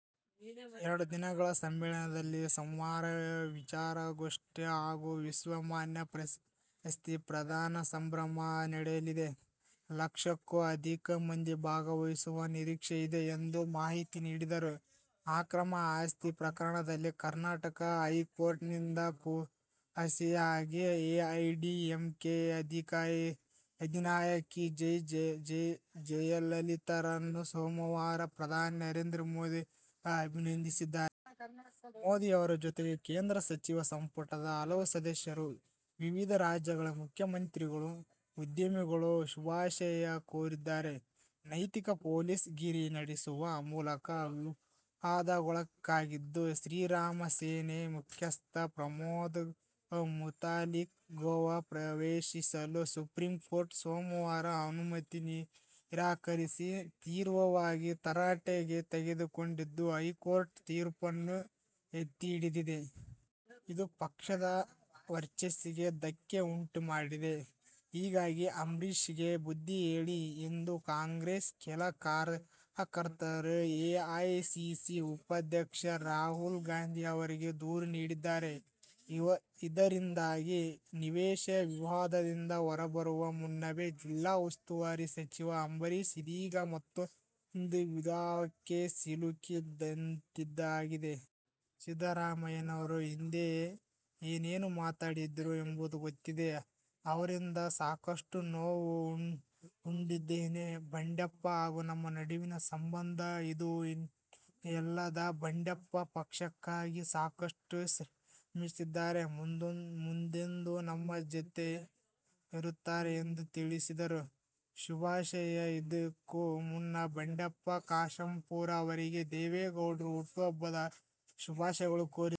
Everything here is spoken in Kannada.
ಎರಡು ದಿನಗಳ ಸಮ್ಮೇಳನದಲ್ಲಿ ಸಂವಾದ, ವಿಚಾರಗೋಷ್ಠಿ ಹಾಗೂ ವಿಶ್ವಮಾನ್ಯ ಪ್ರಶಸ್ತಿ ಪ್ರದಾನ ಸಮಾರಂಭ ನಡೆಯಲಿದೆ. ಲಕ್ಷಕ್ಕೂ ಅಧಿಕ ಮಂದಿ ಭಾಗವಹಿಸುವ ನಿರೀಕ್ಷೆ ಇದೆ ಎಂದು ಮಾಹಿತಿ ನೀಡಿದರು. ಅಕ್ರಮ ಆಸ್ತಿ ಪ್ರಕರಣದಲ್ಲಿ ಕರ್ನಾಟಕ ಹೈ ಕೋರ್ಟ್ ನಿಂದ ಖುಲಾಸೆಯಾದ ಎಐಡಿಎಂಕೆ ಅಧಿನಾಯಕಿ ಜೆ. ಜಯಲಲಿತಾರನ್ನು ಸೋಮವಾರ ಪ್ರಧಾನಿ ನರೇಂದ್ರ ಮೋದಿ ಅಭಿನಂದಿಸಿದ್ದಾರೆ. ಮೋದಿ ಅವರ ಜೊತೆಗೆ ಕೇಂದ್ರ ಸಚಿವ ಸಂಪುಟದ ಹಲವು ಸದಸ್ಯರು, ವಿವಿಧ ರಾಜ್ಯಗಳ ಮುಖ್ಯಮಂತ್ರಿಗಳು, ಉದ್ಯಮಿಗಳು ಶುಭಾಶಯ ಕೋರಿದ್ದಾರೆ. ನೈತಿಕ ಪೊಲೀಸ್ ಗಿರಿ ನಡೆಸುವ ಮೂಲಕ ವಿವಾದಕ್ಕೊಳಗಾಗಿದ್ದ ಶ್ರೀರಾಮಸೇನೆ ಮುಖ್ಯಸ್ಥ ಪ್ರಮೋದ್ ಮುತಾಲಿಕ್ ಗೋವಾ ಪ್ರವೇಶಿಸಲು ಸುಪ್ರೀಂಕೋರ್ಟ್ ಸೋಮವಾರ ಅನುಮತಿ ನಿರಾಕರಿಸಿ, ತೀವ್ರವಾಗಿ ತರಾಟೆಗೆ ತೆಗೆದುಕೊಂಡಿದ್ದು, ಹೈಕೋರ್ಟ್ ತೀರ್ಪನ್ನು ಎತ್ತಿಹಿಡಿದಿದೆ. ಇದು ಪಕ್ಷದ ವರ್ಚಸ್ಸಿಗೆ ಧಕ್ಕೆ ಉಂಟು ಮಾಡಿದೆ. ಹೀಗಾಗಿ ಅಂಬರೀಶ್ಗೆ ಬುದ್ಧಿ ಹೇಳಿ ಎಂದು ಕಾಂಗ್ರೆಸ್ನ ಕೆಲ ಕಾರ್ಯಕರ್ತರು ಎಐಸಿಸಿ ಉಪಾಧ್ಯಕ್ಷ ರಾಹುಲ್ ಗಾಂಧಿ ಅವರಿಗೆ ದೂರು ನೀಡಿದ್ದಾರೆ. ಇದರಿಂದಾಗಿ ನಿವೇಶನ ವಿವಾದದಿಂದ ಹೊರಬರುವ ಮುನ್ನವೇ ಜಿಲ್ಲಾ ಉಸ್ತುವಾರಿ ಸಚಿವ ಅಂಬರೀಶ್ ಇದೀಗ ಮತ್ತೂಂದು ವಿವಾದಕ್ಕೆ ಸಿಲುಕಿ ದಂತಾಗಿದೆ. ಸಿದ್ದರಾಮಯ್ಯನವರು ಹಿಂದೆ ಏನೇನು ಮಾಡಿದ್ರು ಎಂಬುದು ಗೊತ್ತಿದೆ. ಅವರಿಂದ ಸಾಕಷ್ಟು ನೋವು ಉಂಡಿದ್ದೇನೆ. ಬಂಡೆಪ್ಪ ಹಾಗೂ ನಮ್ಮ ನಡುವಿನ ಸಂಬಂಧ ಇಂದು ನಿನ್ನೆಯದಲ್ಲ. ಬಂಡೆಪ್ಪ ಪಕ್ಷಕ್ಕಾಗಿ ಸಾಕಷ್ಟು ಶ್ರಮಿಸಿದ್ದಾರೆ, ಮುಂದೆಯೂ ನಮ್ಮ ಜತೆ ಇರುತ್ತಾರೆ ಎಂದು ತಿಳಿಸಿದರು. ಶುಭಾಶಯ: ಇದಕ್ಕೂ ಮುನ್ನ ಬಂಡೆಪ್ಪ ಕಾಶಂಪುರ್ ಅವರಿಗೆ ದೇವೇಗೌಡರು ಹುಟ್ಟುಹಬ್ಬದ ಶುಭಾಶಯ ಕೋರಿದರು.